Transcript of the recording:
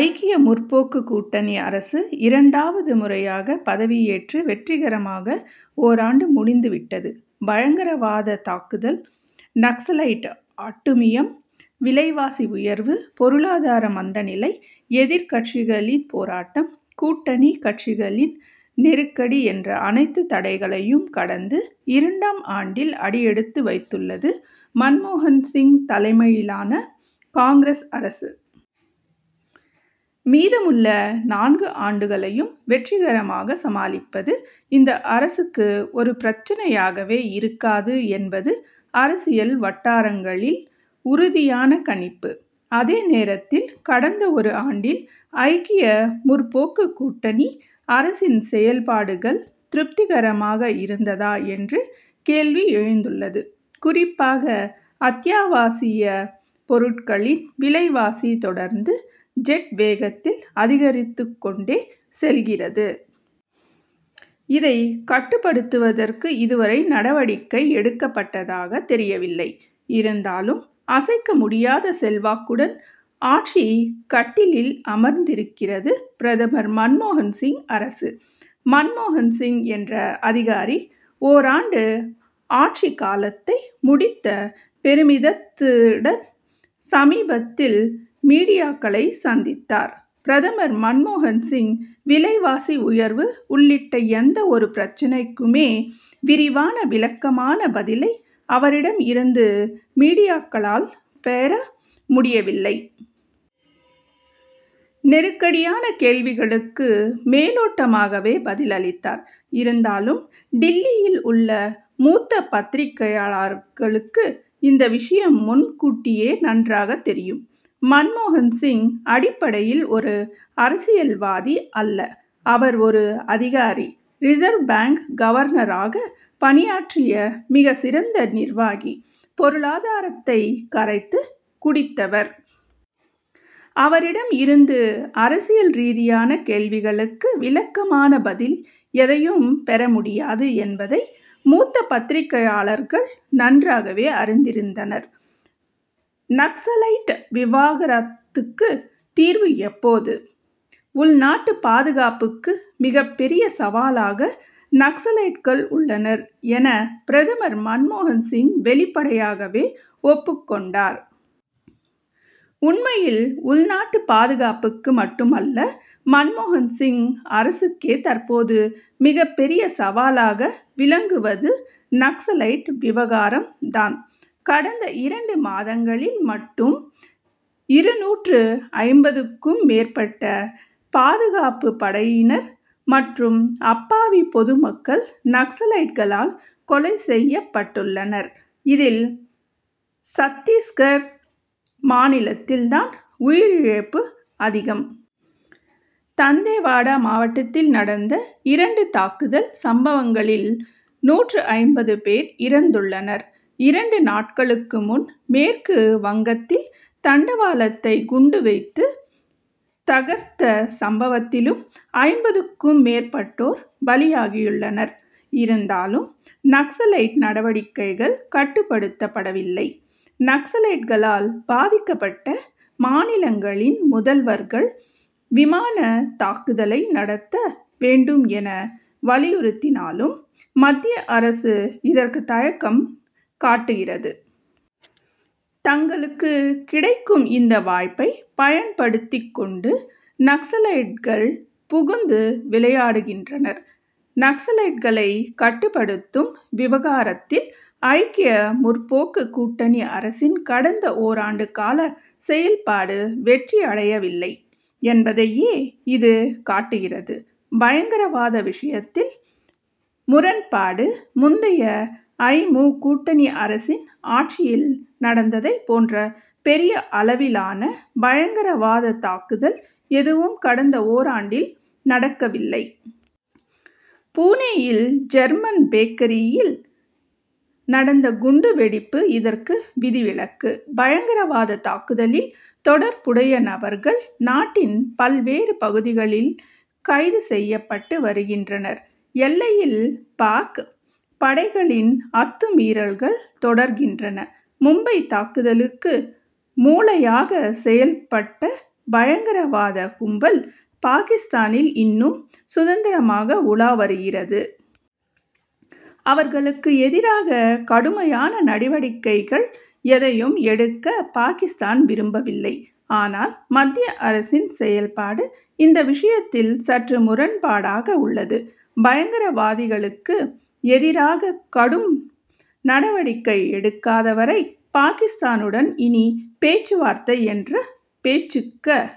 ஐக்கிய முற்போக்கு கூட்டணி அரசு இரண்டாவது முறையாக பதவியேற்று வெற்றிகரமாக ஓராண்டு முடிந்து விட்டது. பயங்கரவாத தாக்குதல், நக்சலைட் அட்டூழியம், விலைவாசி உயர்வு, பொருளாதார மந்த நிலை, எதிர்க்கட்சிகளின் போராட்டம், கூட்டணி கட்சிகளின் நெருக்கடி என்ற அனைத்து தடைகளையும் கடந்து, இரண்டாம் ஆண்டில் அடி எடுத்து வைத்துள்ளது, மன்மோகன் சிங் தலைமையிலான காங்கிரஸ் அரசு. மீதமுள்ள நான்கு ஆண்டுகளையும் வெற்றிகரமாக சமாளிப்பது, இந்த அரசுக்கு ஒரு பிரச்னையாகவே இருக்காது என்பது அரசியல் வட்டாரங்களில் உறுதியான கணிப்பு. அதே நேரத்தில், கடந்த ஒரு ஆண்டில் ஐக்கிய முற்போக்கு கூட்டணி அரசின் செயல்பாடுகள் திருப்திகரமாக இருந்ததா என்ற கேள்வி எழுந்துள்ளது. குறிப்பாக, அத்தியாவசியப் பொருட்களின் விலைவாசி தொடர்ந்து ஜெட் வேகத்தில் அதிகரித்துக் கொண்டே செல்கிறது. இதை கட்டுப்படுத்துவதற்கு இதுவரை நடவடிக்கை எடுக்கப்பட்டதாக தெரியவில்லை. இருந்தாலும், அசைக்க முடியாத செல்வாக்குடன் ஆட்சிக் கட்டிலில் அமர்ந்திருக்கிறது பிரதமர் மன்மோகன் சிங் அரசு. மன்மோகன் சிங் என்ற அதிகாரி ஓராண்டு ஆட்சி காலத்தை முடித்த பெருமிதத்துடன் சமீபத்தில் மீடியாக்களை சந்தித்தார், பிரதமர் மன்மோகன் சிங். விலைவாசி உயர்வு உள்ளிட்ட எந்த ஒரு பிரச்னைக்குமே விரிவான, விளக்கமான பதிலை அவரிடம் இருந்து மீடியாக்களால் பெற முடியவில்லை. நெருக்கடியான கேள்விகளுக்கு மேலோட்டமாகவே பதில் அளித்தார். இருந்தாலும், டில்லியில் உள்ள மூத்த பத்திரிகையாளர்களுக்கு இந்த விஷயம் முன் கூட்டியே நன்றாக தெரியும். மன்மோகன் சிங், அடிப்படையில் ஒரு அரசியல்வாதி அல்ல. அவர் ஒரு அதிகாரி. ரிசர்வ் பாங்க் கவர்னராக பணியாற்றிய, மிகச் சிறந்த நிர்வாகி. பொருளாதாரத்தை கரைத்துக் குடித்தவர். அவரிடம் இருந்து அரசியல் ரீதியான கேள்விகளுக்கு விளக்கமான பதில் எதையும் பெற முடியாது என்பதை, மூத்த பத்திரிகையாளர்கள் நன்றாகவே அறிந்திருந்தனர். நக்சலைட் விவகாரத்துக்கு தீர்வு எப்போது? உள்நாட்டு பாதுகாப்புக்கு மிகப் பெரிய சவாலாக நக்சலைட்கள் உள்ளனர்' என, பிரதமர் மன்மோகன் சிங் வெளிப்படையாகவே ஒப்புக் கொண்டார். உண்மையில், உள்நாட்டு பாதுகாப்புக்கு மட்டுமல்ல, மன்மோகன் சிங் அரசுக்கே தற்போது மிகப் பெரிய சவாலாக விளங்குவது நக்சலைட் விவகாரம் தான். கடந்த இரண்டு மாதங்களில் மட்டும் இருநூற்று ஐம்பதுக்கும் மேற்பட்ட பாதுகாப்பு படையினர் மற்றும் அப்பாவி பொதுமக்கள் நக்சலைட் களால் கொலை செய்யப் பட்டுள்ளனர். இதில், சத்திஸ்கர் மாநிலத்தில் தான் உயிரிழப்பு அதிகம். தந்தேவாடா மாவட்டத்தில் நடந்த இரண்டு தாக்குதல் சம்பவங்களில் நூற்று ஐம்பது பேர் இறந்துள்ளனர். இரண்டு நாட்களுக்கு முன் மேற்கு வங்கத்தில் தண்டவாளத்தை குண்டு வைத்து தகர்த்த சம்பவத்திலும் ஐம்பதுக்கும் மேற்பட்டோர் பலியாகியுள்ளனர். இருந்தாலும், நக்சலைட் நடவடிக்கைகள் கட்டுப்படுத்தப்படவில்லை. நக்சலைட்களால் பாதிக்கப்பட்ட மாநிலங்களின் முதல்வர்கள், விமான தாக்குதலை நடத்த வேண்டும் என, வலியுறுத்தினாலும், மத்திய அரசு இதற்கு தயக்கம் காட்டுகிறது. தங்களுக்கு கிடைக்கும் இந்த வாய்ப்பை பயன்படுத்திக் கொண்டு, நக்சலைட்கள் புகுந்து விளையாடுகின்றனர். நக்சலைட்களை கட்டுப்படுத்தும் விவகாரத்தில் ஐக்கிய முற்போக்கு கூட்டணி அரசின் கடந்த ஓராண்டு கால செயல்பாடு வெற்றியடையவில்லை என்பதையே இது காட்டுகிறது. பயங்கரவாத விஷயத்தில் முரண்பாடு: முந்தைய ஐ. மு., கூட்டணி அரசின் ஆட்சியில் நடந்ததை போன்ற பெரிய அளவிலான பயங்கரவாத தாக்குதல் எதுவும் கடந்த ஓராண்டில் நடக்கவில்லை. புனேயில் ஜெர்மன் பேக்கரியில் நடந்த குண்டு வெடிப்பு இதற்கு விதிவிலக்கு. பயங்கரவாத தாக்குதலில் தொடர்புடைய நபர்கள், நாட்டின் பல்வேறு பகுதிகளில் கைது செய்யப்பட்டு வருகின்றனர். எல்லையில் பாக்., படைகளின் அத்துமீறல்கள் தொடர்கின்றன. மும்பை தாக்குதலுக்கு மூளையாக செயல்பட்ட பயங்கரவாத கும்பல், பாகிஸ்தானில் இன்னும் சுதந்திரமாக உலா வருகிறது. அவர்களுக்கு எதிராக கடுமையான நடவடிக்கைகள் எதையும் எடுக்க, பாகிஸ்தான் விரும்பவில்லை. ஆனால், மத்திய அரசின் செயல்பாடு இந்த விஷயத்தில் சற்று முரண்பாடாக உள்ளது. பயங்கரவாதிகளுக்கு எதிராக கடும் நடவடிக்கை எடுக்காத வரை, பாகிஸ்தானுடன் இனி பேச்சுவார்த்தை என்ற பேச்சுக்க